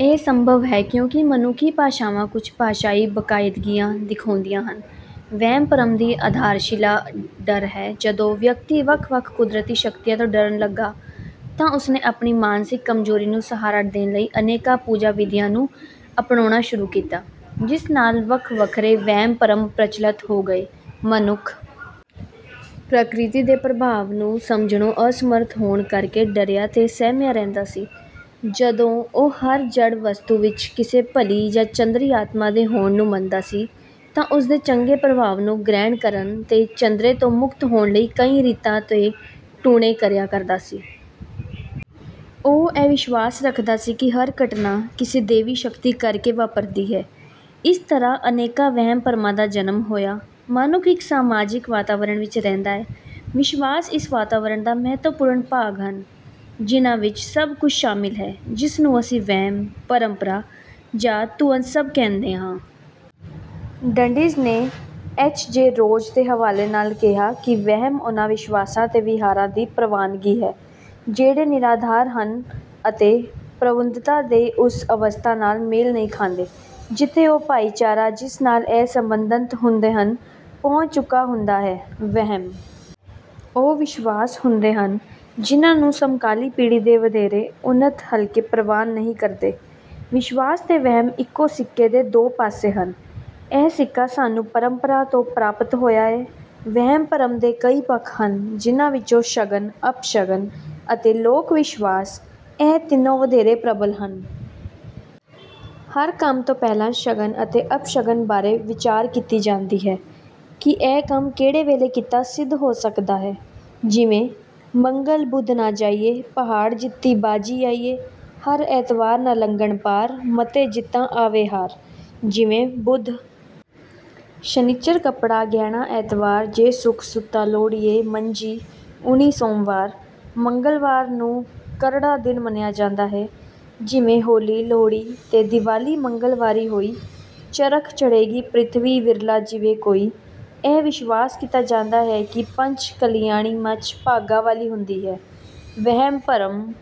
ਇਹ ਸੰਭਵ ਹੈ ਕਿਉਂਕਿ ਮਨੁੱਖੀ ਭਾਸ਼ਾਵਾਂ ਕੁਝ ਭਾਸ਼ਾਈ ਬਕਾਇਦਗੀਆਂ ਦਿਖਾਉਂਦੀਆਂ ਹਨ। ਵਹਿਮ-ਭਰਮ ਦੀ ਆਧਾਰਸ਼ਿਲਾ ਡਰ ਹੈ। ਜਦੋਂ ਵਿਅਕਤੀ ਵੱਖ-ਵੱਖ ਕੁਦਰਤੀ ਸ਼ਕਤੀਆਂ ਤੋਂ ਡਰਨ ਲੱਗਾ ਤਾਂ ਉਸਨੇ ਆਪਣੀ ਮਾਨਸਿਕ ਕਮਜ਼ੋਰੀ ਨੂੰ ਸਹਾਰਾ ਦੇਣ ਲਈ ਅਨੇਕਾਂ ਪੂਜਾ-ਵਿਧੀਆਂ ਨੂੰ ਅਪਣਾਉਣਾ ਸ਼ੁਰੂ ਕੀਤਾ, ਜਿਸ ਨਾਲ ਵੱਖ-ਵੱਖਰੇ ਵਹਿਮ-ਭਰਮ ਪ੍ਰਚਲਿਤ ਹੋ ਗਏ। ਮਨੁੱਖ ਪ੍ਰਕਿਰਤੀ ਦੇ ਪ੍ਰਭਾਵ ਨੂੰ ਸਮਝਣੋਂ ਅਸਮਰੱਥ ਹੋਣ ਕਰਕੇ ਡਰਿਆ ਤੇ ਸਹਿਮਿਆ ਰਹਿੰਦਾ ਸੀ। ਜਦੋਂ ਉਹ ਹਰ ਜੜ੍ਹ ਵਸਤੂ ਵਿੱਚ ਕਿਸੇ ਭਲੀ ਜਾਂ ਚੰਦਰੀ ਆਤਮਾ ਦੀ ਹੋਂਦ ਨੂੰ ਮੰਨਦਾ ਸੀ, ਤਾਂ ਉਸ ਦੇ ਚੰਗੇ ਪ੍ਰਭਾਵ ਨੂੰ ਗ੍ਰਹਿਣ ਕਰਨ ਤੇ ਚੰਦਰੇ ਤੋਂ ਮੁਕਤ ਹੋਣ ਲਈ ਕਈ ਰੀਤਾਂ ਤੇ ਟੂਣੇ ਕਰਿਆ ਕਰਦਾ ਸੀ। ਉਹ ਇਹ ਵਿਸ਼ਵਾਸ ਰੱਖਦਾ ਸੀ ਕਿ ਹਰ ਘਟਨਾ ਕਿਸੇ ਦੈਵੀ ਸ਼ਕਤੀ ਕਰਕੇ ਵਾਪਰਦੀ ਹੈ। ਇਸ ਤਰ੍ਹਾਂ ਅਨੇਕਾਂ ਵਹਿਮ-ਭਰਮਾਂ ਦਾ ਜਨਮ ਹੋਇਆ। ਮਨੁੱਖ ਇੱਕ ਸਮਾਜਿਕ ਵਾਤਾਵਰਣ ਵਿੱਚ ਰਹਿੰਦਾ ਹੈ। ਵਿਸ਼ਵਾਸ ਇਸ ਵਾਤਾਵਰਣ ਦਾ ਮਹੱਤਵਪੂਰਨ ਭਾਗ ਹਨ, ਜਿਨ੍ਹਾਂ ਵਿੱਚ ਸਭ ਕੁਝ ਸ਼ਾਮਿਲ ਹੈ, ਜਿਸ ਨੂੰ ਅਸੀਂ ਵਹਿਮ, ਪਰੰਪਰਾ ਜਾਂ ਤੁਅੱਸਬ ਕਹਿੰਦੇ ਹਾਂ। ਡੰਡੀਜ਼ ਨੇ ਐਚ. ਜੇ. ਰੋਜ਼ ਦੇ ਹਵਾਲੇ ਨਾਲ ਕਿਹਾ ਹੈ ਕਿ ਵਹਿਮ ਉਨ੍ਹਾਂ ਵਿਸ਼ਵਾਸਾਂ ਤੇ ਵਿਹਾਰਾਂ ਦੀ ਪ੍ਰਵਾਨਗੀ ਹੈ, ਜਿਹੜੇ ਨਿਰਾਧਾਰ ਹਨ ਅਤੇ ਪ੍ਰਬੁੱਧਤਾ ਦੀ ਉਸ ਅਵਸਥਾ ਨਾਲ ਮੇਲ ਨਹੀਂ ਖਾਂਦੇ, ਜਿੱਥੇ ਉਹ ਭਾਈਚਾਰਾ, ਜਿਸ ਨਾਲ ਇਹ ਸੰਬੰਧਿਤ ਹੁੰਦੇ ਹਨ, ਪਹੁੰਚ ਚੁੱਕਾ ਹੁੰਦਾ ਹੈ। ਵਹਿਮ ਉਹ ਵਿਸ਼ਵਾਸ ਹੁੰਦੇ ਹਨ, ਜਿਨ੍ਹਾਂ ਨੂੰ ਸਮਕਾਲੀ ਪੀੜ੍ਹੀ ਦੇ ਵਧੇਰੇ ਉੱਨਤ ਹਲਕੇ ਪ੍ਰਵਾਨ ਨਹੀਂ ਕਰਦੇ। ਵਿਸ਼ਵਾਸ ਤੇ ਵਹਿਮ ਇਕੋ ਸਿੱਕੇ ਦੇ ਦੋ ਪਾਸੇ ਹਨ। ਇਹ ਸਿੱਕਾ ਸਾਨੂੰ ਪਰੰਪਰਾ ਤੋਂ ਪ੍ਰਾਪਤ ਹੋਇਆ ਹੈ। ਵਹਿਮ-ਭਰਮ ਦੇ ਕਈ ਪੱਖ ਹਨ, ਜਿਨ੍ਹਾਂ ਵਿੱਚੋਂ ਸ਼ਗਨ, ਅਪਸ਼ਗਨ ਅਤੇ ਲੋਕ-ਵਿਸ਼ਵਾਸ—ਇਹ ਤਿੰਨੋ ਵਧੇਰੇ ਪ੍ਰਬਲ ਹਨ। ਹਰ ਕੰਮ ਤੋਂ ਪਹਿਲਾਂ ਸ਼ਗਨ ਅਤੇ ਅਪਸ਼ਗਨ ਬਾਰੇ ਵਿਚਾਰ ਕੀਤੀ ਜਾਂਦੀ ਹੈ ਕਿ ਇਹ ਕੰਮ ਕਿਹੜੇ ਵੇਲੇ ਕੀਤਾ ਸਿੱਧ ਹੋ ਸਕਦਾ ਹੈ। ਜਿਵੇਂ:“ਮੰਗਲ ਬੁੱਧ ਨਾ ਜਾਈਏ, ਪਹਾੜ ਜਿੱਤੀ ਬਾਜ਼ੀ ਆਈਏ। ਹਰ ਐਤਵਾਰ ਨਾ ਲੰਘਣ ਪਾਰ, ਮੱਤੇ ਜਿੱਤਾਂ ਆਵੇ ਹਾਰ।”ਜਿਵੇਂ:“ਬੁੱਧ ਸ਼ਨਿੱਚਰ ਕੱਪੜਾ, ਗਹਿਣਾ, ਐਤਵਾਰ ਜੇ ਸੁੱਖ ਸੁੱਤਾ ਲੋੜੀਏ, ਮੰਜੀ ਉਣੀ ਸੋਮਵਾਰ।”ਮੰਗਲਵਾਰ ਨੂੰ ਕਰੜਾ ਦਿਨ ਮੰਨਿਆ ਜਾਂਦਾ ਹੈ। ਜਿਵੇਂ:“ਹੋਲੀ, ਲੋਹੜੀ ਤੇ ਦੀਵਾਲੀ ਮੰਗਲਵਾਰੀ ਹੋਇ, ਚਰਖ ਚੜ੍ਹੇਗੀ ਪ੍ਰਿਥਵੀ, ਵਿਰਲਾ ਜੀਵੇ ਕੋਇ।”ਇਹ ਵਿਸ਼ਵਾਸ ਕੀਤਾ ਜਾਂਦਾ ਹੈ ਕਿ ਪੰਜ ਕਲਿਆਣੀ ਮੱਝ ਭਾਗਾਂ ਵਾਲੀ ਹੁੰਦੀ ਹੈ। ਵਹਿਮ-ਭਰਮ